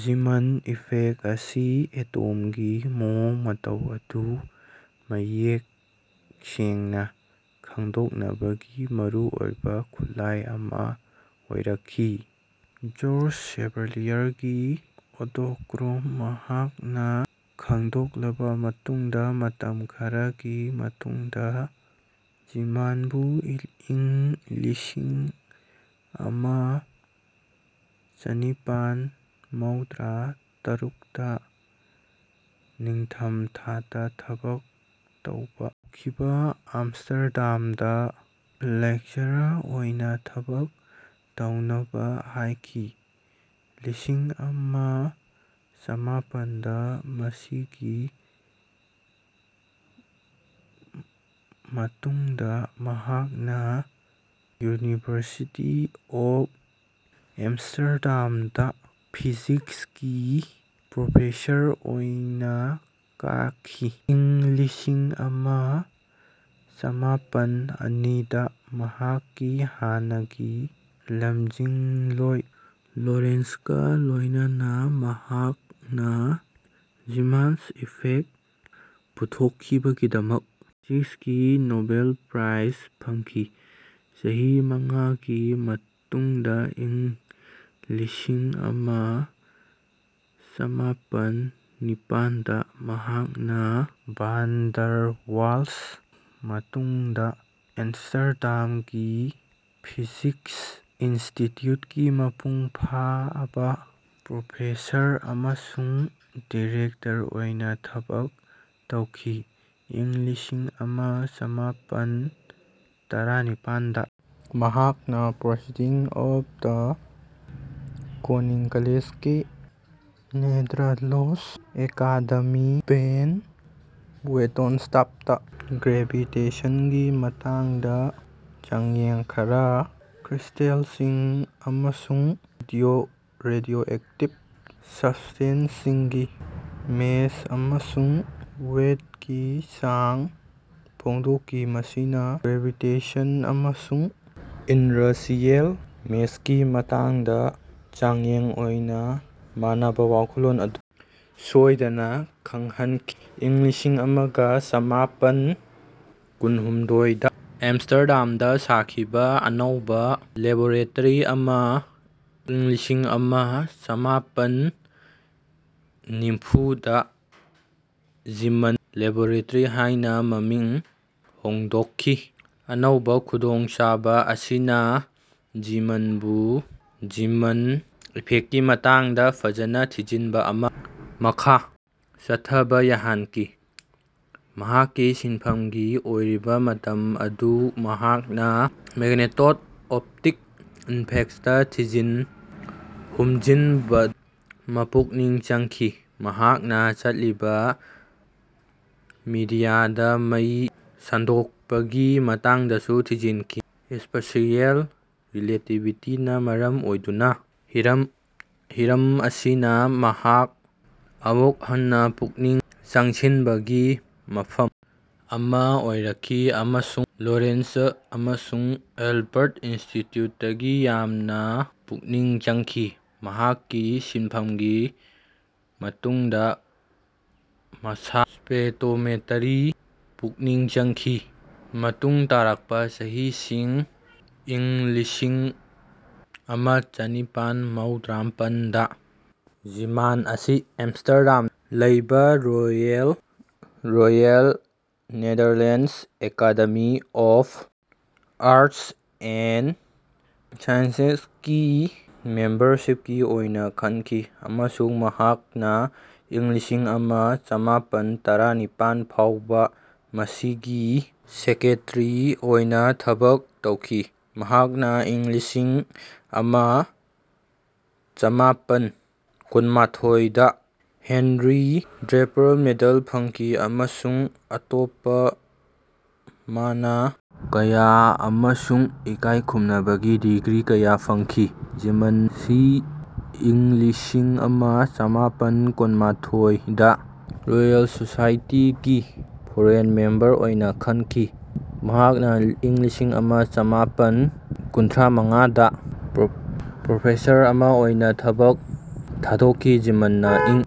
ꯖꯤꯃꯥꯟ effect ꯑꯁꯤ ꯑꯦꯇꯣꯝꯒꯤ ꯃꯑꯣꯡ ꯃꯇꯧ ꯑꯗꯨ ꯃꯌꯦꯛ ꯁꯦꯡꯅ ꯈꯪꯗꯣꯛꯅꯕꯒꯤ ꯃꯔꯨꯑꯣꯏꯕ ꯈꯨꯠꯂꯥꯏ ꯑꯃ ꯑꯣꯏꯔꯛꯈꯤ꯫ ꯖꯣꯔꯖꯦꯁ ꯁꯦꯚꯂꯤꯌꯔꯒꯤ ꯑꯣꯇꯣꯀ꯭ꯔꯣꯝ ꯃꯍꯥꯛꯅ ꯈꯪꯗꯣꯛꯂꯕ ꯃꯇꯨꯡꯗ ꯃꯇꯝ ꯈꯔꯒꯤ ꯃꯇꯨꯡꯗ ꯖꯤꯃꯥꯟꯕꯨ ꯏꯪ ꯂꯤꯁꯤꯡ ꯑꯃ ꯆꯅꯤꯄꯥꯟ ꯃꯧꯗ꯭ꯔꯥ ꯇꯔꯨꯛꯇ ꯅꯤꯡꯊꯝꯊꯥꯗ ꯊꯕꯛ ꯇꯧꯕ ꯍꯧꯈꯤꯕ ꯑꯝꯁꯇꯔꯗꯥꯝꯗ ꯂꯦꯛꯆꯔ ꯑꯣꯏꯅ ꯊꯕꯛ ꯇꯧꯅꯕ ꯍꯥꯏꯈꯤ꯫ꯂꯤꯁꯤꯡ ꯑꯃ ꯆꯃꯥꯄꯟꯗ ꯃꯁꯤꯒꯤ ꯃꯇꯨꯡꯗ ꯃꯍꯥꯛꯅ ꯌꯨꯅꯤꯚꯔꯁꯤꯇꯤ ꯑꯣꯐ ꯑꯦꯝꯁꯇꯔꯗꯥꯝꯗ ꯐꯤꯖꯤꯛꯁꯀꯤ ꯄ꯭ꯔꯣꯐꯦꯁꯔ ꯑꯣꯏꯅ ꯀꯥꯈꯤ꯫ ꯏꯪ ꯂꯤꯁꯤꯡ ꯑꯃ ꯆꯃꯥꯄꯟ ꯑꯅꯤꯗ ꯃꯍꯥꯛꯀꯤ ꯍꯥꯟꯅꯒꯤ ꯂꯝꯖꯤꯡꯂꯣꯏ ꯂꯣꯔꯦꯟꯠꯖꯒ ꯂꯣꯏꯅꯅꯥ ꯃꯍꯥꯛꯅ ꯖꯤꯃꯥꯟ ꯏꯐꯦꯛ ꯄꯨꯊꯣꯛꯈꯤꯕꯒꯤꯗꯃꯛ ꯐꯤꯖꯤꯛꯁꯀꯤ ꯅꯣꯕꯦꯜ ꯄ꯭ꯔꯥꯏꯖ ꯐꯪꯈꯤ꯫ ꯆꯍꯤ ꯃꯉꯥꯒꯤ ꯃꯇꯨꯡꯗ ꯏꯪ ꯂꯤꯁꯤꯡ ꯑꯃ ꯆꯃꯥꯄꯟ ꯅꯤꯄꯥꯟꯗ ꯃꯍꯥꯛꯅ ꯚꯥꯟ ꯗꯔ ꯋꯥꯜꯁ ꯃꯇꯨꯡꯗ ꯑꯝꯁꯇꯔꯗꯥꯝꯒꯤ ꯐꯤꯖꯤꯛꯁ ꯏꯟꯁꯇꯤꯇ꯭ꯌꯨꯠꯀꯤ ꯃꯄꯨꯡ ꯐꯥꯕ ꯄ꯭ꯔꯣꯐꯦꯁꯔ ꯑꯃꯁꯨꯡ ꯗꯤꯔꯦꯛꯇꯔ ꯑꯣꯏꯅ ꯊꯕꯛ ꯇꯧꯈꯤ꯫ ꯏꯪ ꯂꯤꯁꯤꯡ ꯑꯃ ꯆꯃꯥꯄꯟ ꯇꯔꯥꯅꯤꯄꯥꯟꯗ ꯃꯍꯥꯛꯅ proceedings of the Koninklijke Netherlands Academy van Wetenschappen ꯒ꯭ꯔꯦꯚꯤꯇꯦꯁꯟꯒꯤ ꯃꯇꯥꯡꯗ ꯆꯥꯡꯌꯦꯡ ꯈꯔ ꯀ꯭ꯔꯤꯁ꯭ꯇꯜꯁꯤꯡ ꯑꯃꯁꯨꯡ ꯔꯦꯗꯤꯌꯣꯑꯦꯛꯇꯤꯕ ꯁꯕꯁ꯭ꯇꯦꯟꯁꯤꯡꯒꯤ ꯃꯦꯁ ꯑꯃꯁꯨꯡ ꯋꯦꯠꯀꯤ ꯆꯥꯡ ꯐꯣꯡꯈꯤ ꯃꯁꯤꯅ ꯒ꯭ꯔꯦꯕꯤꯇꯦꯁ꯭ꯅꯦꯜ ꯑꯃꯁꯨꯡ ꯏꯟꯔꯁꯤꯌꯦꯜ ꯃꯦꯁꯀꯤ ꯃꯇꯥꯡꯗ ꯆꯥꯡꯌꯦꯡ ꯑꯣꯏꯅ ꯃꯥꯟꯅꯕ ꯋꯥꯈꯜꯂꯣꯟ ꯑꯗꯨ ꯁꯣꯏꯗꯅ ꯈꯪꯍꯟꯈꯤ꯫ ꯏꯪ ꯂꯤꯁꯤꯡ ꯑꯃ ꯆꯃꯥꯄꯟ ꯀꯨꯟꯍꯨꯝꯗꯣꯏꯗ ꯑꯝꯁꯇꯔꯗꯥꯝꯗ ꯁꯥꯈꯤꯕ ꯑꯅꯧꯕ ꯂꯦꯕꯣꯔꯦꯇꯔꯤ ꯑꯃꯥ ꯏꯪ ꯂꯤꯁꯤꯡ ꯑꯃ ꯆꯃꯥꯄꯟ ꯅꯤꯝꯐꯨꯗ ꯖꯤꯃꯥꯟ ꯂꯦꯕꯣꯔꯦꯇꯔꯤ ꯍꯥꯏꯅ ꯃꯃꯤꯡ ꯍꯣꯡꯗꯣꯛꯈꯤ꯫ ꯑꯅꯧꯕ ꯈꯨꯗꯣꯡꯆꯥꯕ ꯑꯁꯤꯅ ꯖꯤꯃꯥꯟꯕꯨ ꯖꯤꯃꯥꯟ ꯏꯐꯦꯛꯀꯤ ꯃꯇꯥꯡꯗ ꯐꯖꯅ ꯊꯤꯖꯤꯟꯕ ꯑꯃꯥ ꯃꯈꯥ ꯆꯠꯊꯕ ꯌꯥꯍꯟꯈꯤ꯫ ꯃꯍꯥꯛꯀꯤ ꯁꯤꯟꯐꯝꯒꯤ ꯑꯔꯣꯏꯕ ꯃꯇꯝ ꯑꯗꯨ ꯃꯍꯥꯛꯅ ꯃꯦꯒꯅꯦꯇꯣ ꯑꯣꯞꯇꯤꯛ ꯏꯐꯦꯛ꯭ꯁꯇ ꯊꯤꯖꯤꯟ ꯍꯨꯝꯖꯤꯟꯕꯗ ꯄꯨꯛꯅꯤꯡ ꯆꯪꯈꯤ꯫ ꯃꯍꯥꯛꯅ ꯆꯠꯂꯤꯕ ꯃꯤꯗꯤꯌꯥꯗ ꯃꯩ ꯁꯟꯗꯣꯛꯄꯒꯤ ꯃꯇꯥꯡꯗꯁꯨ ꯊꯤꯖꯤꯟꯈꯤ꯫ ꯁ꯭ꯄꯦꯁꯤꯌꯦꯜ ꯔꯤꯂꯦꯇꯤꯚꯤꯇꯤꯅ ꯃꯔꯝ ꯑꯣꯏꯗꯨꯅ ꯍꯤꯔꯝ ꯑꯁꯤꯅ ꯑꯃꯨꯛ ꯍꯟꯅ ꯄꯨꯛꯅꯤꯡ ꯆꯪꯁꯤꯟꯕꯒꯤ ꯃꯐꯝ ꯑꯃ ꯑꯣꯏꯔꯛꯈꯤ ꯑꯃꯁꯨꯡ ꯂꯣꯔꯦꯟꯠꯖ ꯑꯃꯁꯨꯡ ꯑꯦꯜꯕꯔꯠ ꯑꯥꯏꯟꯁ꯭ꯇꯤꯟꯗꯒꯤ ꯌꯥꯝꯅ ꯄꯨꯛꯅꯤꯡ ꯆꯪꯈꯤ꯫ ꯃꯍꯥꯛꯀꯤ ꯁꯤꯟꯐꯝꯒꯤ ꯃꯇꯨꯡꯗ ꯃꯥꯁ ꯁ꯭ꯄꯦꯛꯇ꯭ꯔꯣꯃꯦꯇ꯭ꯔꯤ ꯄꯨꯛꯅꯤꯡ ꯆꯪꯈꯤ꯫ ꯃꯇꯨꯡ ꯇꯥꯔꯛꯄ ꯆꯩꯍꯤꯁꯤꯡ ꯏꯪ ꯂꯤꯁꯤꯡ ꯑꯃ ꯆꯅꯤꯄꯥꯟ ꯃꯧꯗ꯭ꯔꯥꯅꯤꯄꯥꯟꯗ ꯖꯤꯃꯥꯟ ꯑꯁꯤ ꯑꯝꯁꯇꯔꯗꯥꯝꯗ ꯂꯩꯕ Royal Netherlands Academy of Arts and Sciences ꯒꯤ ꯃꯦꯝꯕꯔꯁꯤꯞꯀꯤ ꯑꯣꯏꯅ ꯈꯟꯈꯤ ꯑꯃꯁꯨꯡ ꯃꯍꯥꯛꯅ ꯏꯪ ꯂꯤꯁꯤꯡ ꯑꯃ ꯆꯃꯥꯄꯟ ꯇꯔꯥꯅꯤꯄꯥꯟ ꯐꯥꯎꯕ ꯃꯁꯤꯒꯤ ꯁꯦꯀ꯭ꯔꯦꯇꯔꯤ ꯑꯣꯏꯅ ꯊꯕꯛ ꯇꯧꯈꯤ꯫ ꯃꯍꯥꯛꯅ ꯏꯪ ꯂꯤꯁꯤꯡ ꯑꯃ ꯆꯃꯥꯄꯟ ꯀꯨꯟꯃꯥꯊꯣꯏꯗ ꯍꯦꯟꯔꯤ ꯗ꯭ꯔꯦꯄꯔ ꯃꯦꯗꯜ ꯐꯪꯈꯤ ꯑꯃꯁꯨꯡ ꯑꯇꯣꯞꯄ ꯃꯅꯥ ꯀꯌꯥ ꯑꯃꯁꯨꯡ ꯏꯀꯥꯏꯈꯨꯝꯅꯕꯒꯤ ꯗꯤꯒ꯭ꯔꯤ ꯀꯌꯥ ꯐꯪꯈꯤ꯫ ꯖꯤꯃꯥꯟ ꯑꯁꯤ ꯏꯪ ꯂꯤꯁꯤꯡ ꯑꯃ ꯆꯃꯥꯄꯟ ꯀꯨꯟꯃꯥꯊꯣꯏꯗ ꯔꯣꯌꯦꯜ ꯁꯣꯁꯥꯏꯇꯤꯒꯤ ꯐꯣꯔꯦꯟ ꯃꯦꯝꯕꯔ ꯑꯣꯏꯅ ꯈꯟꯈꯤ꯫ ꯃꯍꯥꯛ ꯏꯪ ꯂꯤꯁꯤꯡ ꯑꯃ ꯆꯃꯥꯄꯟ ꯀꯨꯟꯊ꯭ꯔꯥ ꯃꯉꯥꯗ ꯄ꯭ꯔꯣꯐꯦꯁꯔ ꯑꯃ ꯑꯣꯏꯅ ꯊꯕꯛ ꯊꯥꯗꯣꯛꯈꯤ꯫ ꯖꯤꯃꯥꯟ ꯏꯪ